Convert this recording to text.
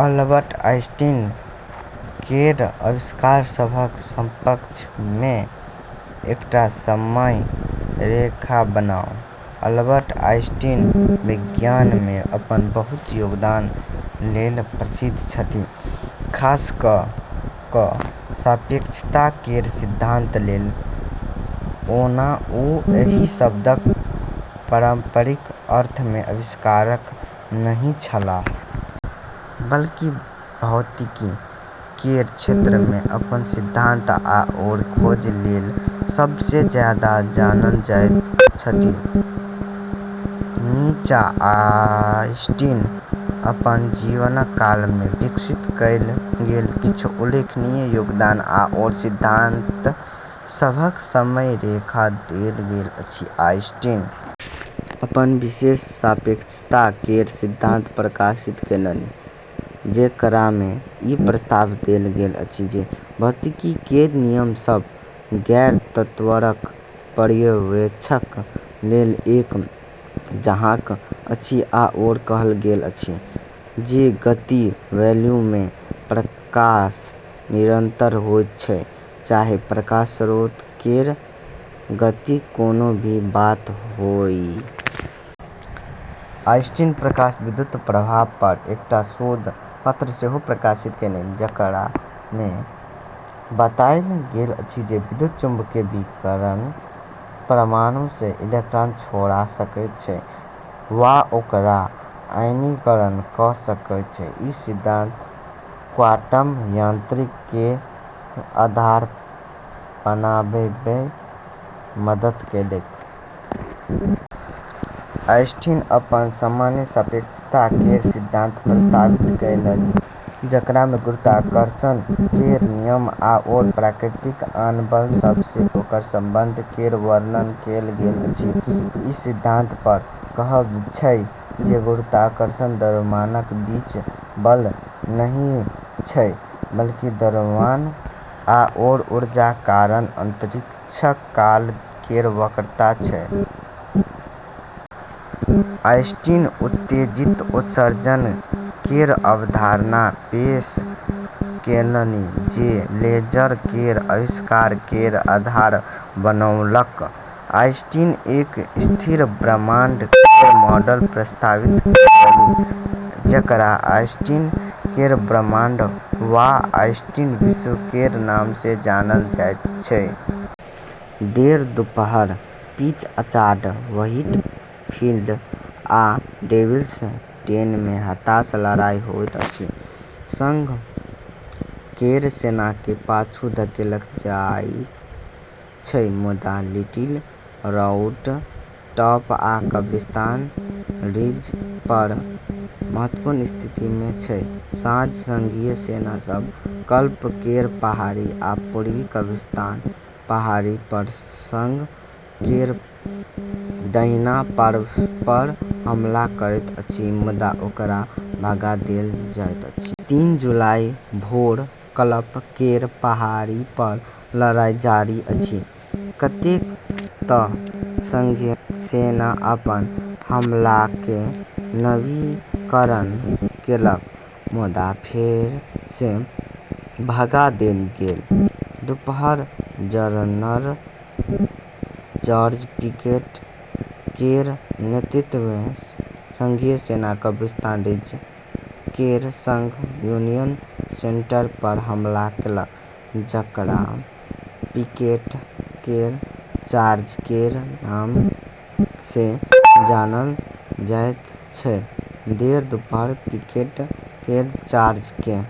Albert Einstein केर आविष्कार सभक संक्षेपमे एकटा समय रेखा बनाउ। अल्बर्ट आइंस्टीन विज्ञानमे अपन बहुत योगदान लेल प्रसिद्ध छथि, खास कऽ कऽ सापेक्षता केर सिद्धांत लेल। ओना ओ एहि शब्दक पारम्परिक अर्थमे आविष्कारक नहि छलाह। बल्कि भौतिकी केर क्षेत्रमे अपन सिद्धांत आओर खोज लेल सबसँ जादा जानल जाइत छथि। नीचाँ आइंस्टीन अपन जीवनकालमे विकसित कएल गेल किछु उल्लेखनीय योगदान आओर सिद्धांत सभक समय रेखा देल गेल अछि: आइंस्टीन अपन विशेष सापेक्षता केर सिद्धांत प्रकाशित केलनि, जेकरामे ई प्रस्ताव देल गेल अछि जे भौतिकी केर नियम सब गैर-त्वरक पर्यवेक्षक लेल एक जकाँ अछि आओर कहल गेल अछि जे गति वैक्यूममे प्रकाश निरंतर होइत छै, चाहे प्रकाश स्रोत केर गतिक कोनो भी बात होअए। आइंस्टीन प्रकाश विद्युत प्रभावपर एकटा शोध पत्र सेहो प्रकाशित केलनि, जेकरामे बताएल गेल अछि जे विद्युत चुम्बकीय विकिरण परमाणुसँ इलेक्ट्रॉन छोड़ा सकैत छै, वा ओकरा "आयनीकरण" कऽ सकैत छै। ई सिद्धांत क्वांटम यांत्रिकी केर आधार बनाबैमे मदद केलक। आइंस्टीन अपन सामान्य सापेक्षता केर सिद्धांत प्रस्तावित केलनि, जेकरामे गुरुत्वाकर्षण केर नियम आओर प्रकृतिक आन बल सभसँ ओकर संबंध केर वर्णन कएल गेल अछि। ई सिद्धांत केर कहब छै जे गुरुत्वाकर्षण द्रव्यमानक बीचक बल नहि छै, बल्कि द्रव्यमान आओर ऊर्जाक कारण अंतरिक्षकाल केर वक्रता छै। आइंस्टीन उत्तेजित उत्सर्जन केर अवधारणा पेश केलनि, जे लेजर केर आविष्कार केर आधार बनौलक। आइंस्टीन एक स्थिर ब्रह्मांड केर मॉडल प्रस्तावित केलनि, जेकरा आइंस्टीन केर ब्रह्मांड वा आइंस्टीन विश्व केर नामसँ जानल जाइत छै। - देर दुपहर: पीच ऑर्चार्ड, व्हीटफील्ड, आ डेविल्स डेनमे हताश लड़ाई होइत अछि। संघ केर सेनाकेँ पाछू धकेलल जाइत छै मुदा लिटिल राउंड टॉप आ कब्रिस्तान रिजपर महत्वपूर्ण स्थितिमे छै। साँझ: संघीय सेना सब कल्प केर पहाड़ी आ पूर्वी कब्रिस्तान पहाड़ीपर संघ केर दाहिना पार्श्वपर हमला करैत अछि, मुदा ओकरा भगा देल जाइत अछि। तीन जुलाई, भोर: कलप केर पहाड़ीपर लड़ाई जारी अछि किऐक तऽ संघीय सेना अपन हमलाकेँ नवीनीकरण केलक, मुदा फेरसँ भगा देल गेल। दुपहर: जनरल जॉर्ज पिकेट केर नेतृत्वमे संघीय सेना कब्रिस्तान रिज केर संग यूनियन सेंटरपर हमला केलक, जेकरा पिकेट केर चार्ज केर नामसँ जानल जाइत छै। देर दुपहर: पिकेट केर चार्जकेँ।